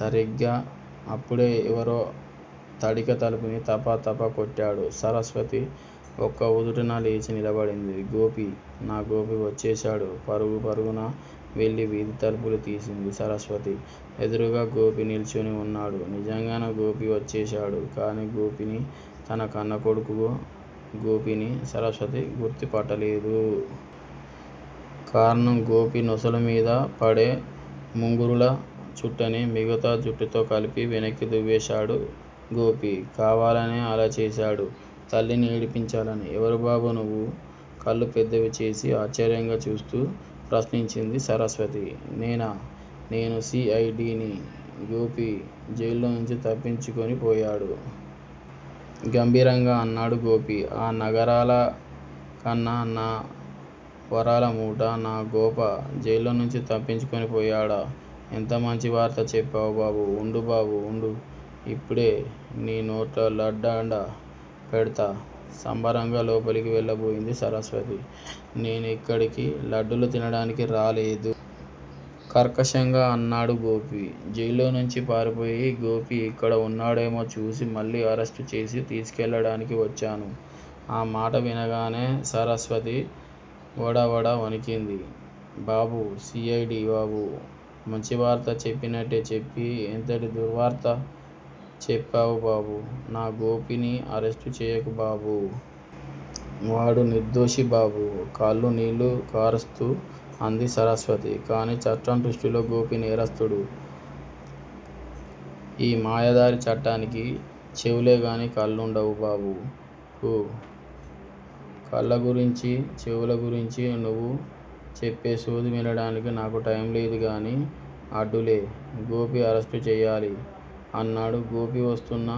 సరిగ్గా అప్పుడే ఎవరో తడిక తలుపుని తప తపా కొట్టాడు. సరస్వతి ఒక్క ఉదుటున లేచి నిలబడింది. గోపీ? నా గోపీ వచ్చేశాడు!! పరుగు పరుగున వెళ్ళి వీధి తలుపు తీసింది సరస్వతి. ఎదురుగా గోపి నిల్చుని ఉన్నాడు. నిజంగానే గోపి వచ్చేశాడు. కాని గోపిని, తన కన్నకొడుకు గోపిని సరస్వతి గుర్తు పట్టలేదు. కారణం గోపి నొసలుమీద పడే ముంగురుల చుట్టని మిగతా జుట్టుతో కలిసి వెనక్కి దువ్వేశాడు. గోపి కావాలనే అలాచేసాడు తల్లిని ఏడిపించాలని! ఎవరుబాబూ నువ్వు కళ్ళు పెద్దవిచేసి ఆశ్చర్యంగా చూస్తూ ప్రశ్నించింది సరస్వతి. నేనా? నేను సి. ఐ. డి. ని, గోపీ జైల్లోంచి తప్పించుకునిపోయాడు! గంభీరంగా అన్నాడు గోపి. ఆ. నా గారాలకన్న, నా వరాలమూట, నా గోప జైల్లోంచి తప్పించుకుని పోయాడా? ఎంత మంచి వార్త చెప్పావు బాబూ? ఉండు బాబూ ఉండు. ఇప్పుడే నీ నోట్లో లడ్డుండ పెడ్తా సంబరంగా లోపలికి వెళ్ళబోయింది సరస్వతి. నేను ఇక్కడికి లడ్డులు తినడానికి రాలేదు. కర్కశంగా అన్నాడు గోపి. జైల్లోంచి పారిపోయిన గోపి ఇక్కడ ఉన్నాడేమో చూసి మళ్ళీ అరెస్టుచేసి తీసుకెళ్ళడానికి వచ్చాను! ఆ మాట వినగానే సరస్వతి వడవడా వణికింది. బాబూ, సి. ఐ. డి. బాబూ. మంచివార్త చెప్పినట్టే చెప్పి ఎంతటి దుర్వార్త చెప్పావుబాబూ. నా గోపిని అరెస్టు చేయకు బాబూ. వాడు నిర్దోషి బాబూ కళ్ళనీళ్ళు కారుస్తూ అంది సరస్వతి. కానీ చట్టం దృష్టింలో గోపీ నేరస్థుడు. ఈ మాయదారి చట్టానికి చెవులేగానీ కళ్ళుండవు బాబూ. ఊ. కళ్ళగురించీ, చెవులగురించీ నువ్వు చెప్పేసోది వినడానికి నాకు టైంలేదుగానీ, అడ్డులే. గోపిని అరెస్టు చేయాలి! అన్నాడు గోపి వస్తున్న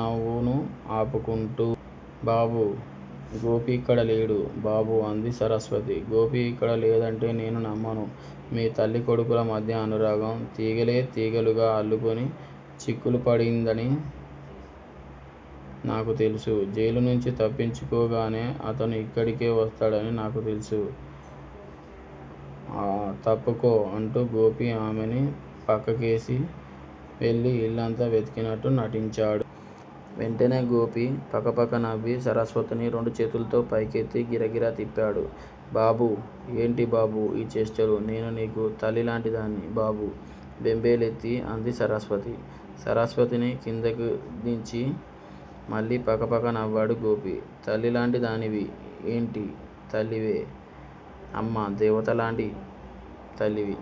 నవ్వును ఆపుకుంటూ. బాబూ! గోపి ఇక్కడలేడు బాబూ అంది సరస్వతి. గోపి ఇక్కడ లేడంటే నేను నమ్మను. మీ తల్లి కొడుకుల మధ్య అనురాగం తీగెలు తీగెలుగా అల్లుకొని చిక్కులుపడిపయిందని నాకు తెలుసు. జైలునుంచి తప్పించుకోగానే అతను ఇక్కడికే వస్తాడని నాకు తెల్సు. తప్పుకో అంటూ గోపి ఆమెని పక్కకితోసి వెళ్ళి ఇల్లంతా వెతికినట్టు నటించాడు. వెంటనే గోపి పకపకా నవ్వి సరస్వతిని రెండు చేతుల్తో పైకెత్తి గిరగిరా తిప్పాడు. బాబూ! ఏంటి బాబూ ఈచేష్టలూ. నేను నీకు తల్లిలాంటిదాన్ని బాబూ బెంబేలెత్తి అంది సరస్వతి. సరస్వతిని క్రిందకిదించి మళ్ళీ పకపకా నవ్వాడు గోపి. తల్లిలాంటిదానివి ఏంటి? తల్లివే అమ్మా. దేవతలాంటి తల్లివి!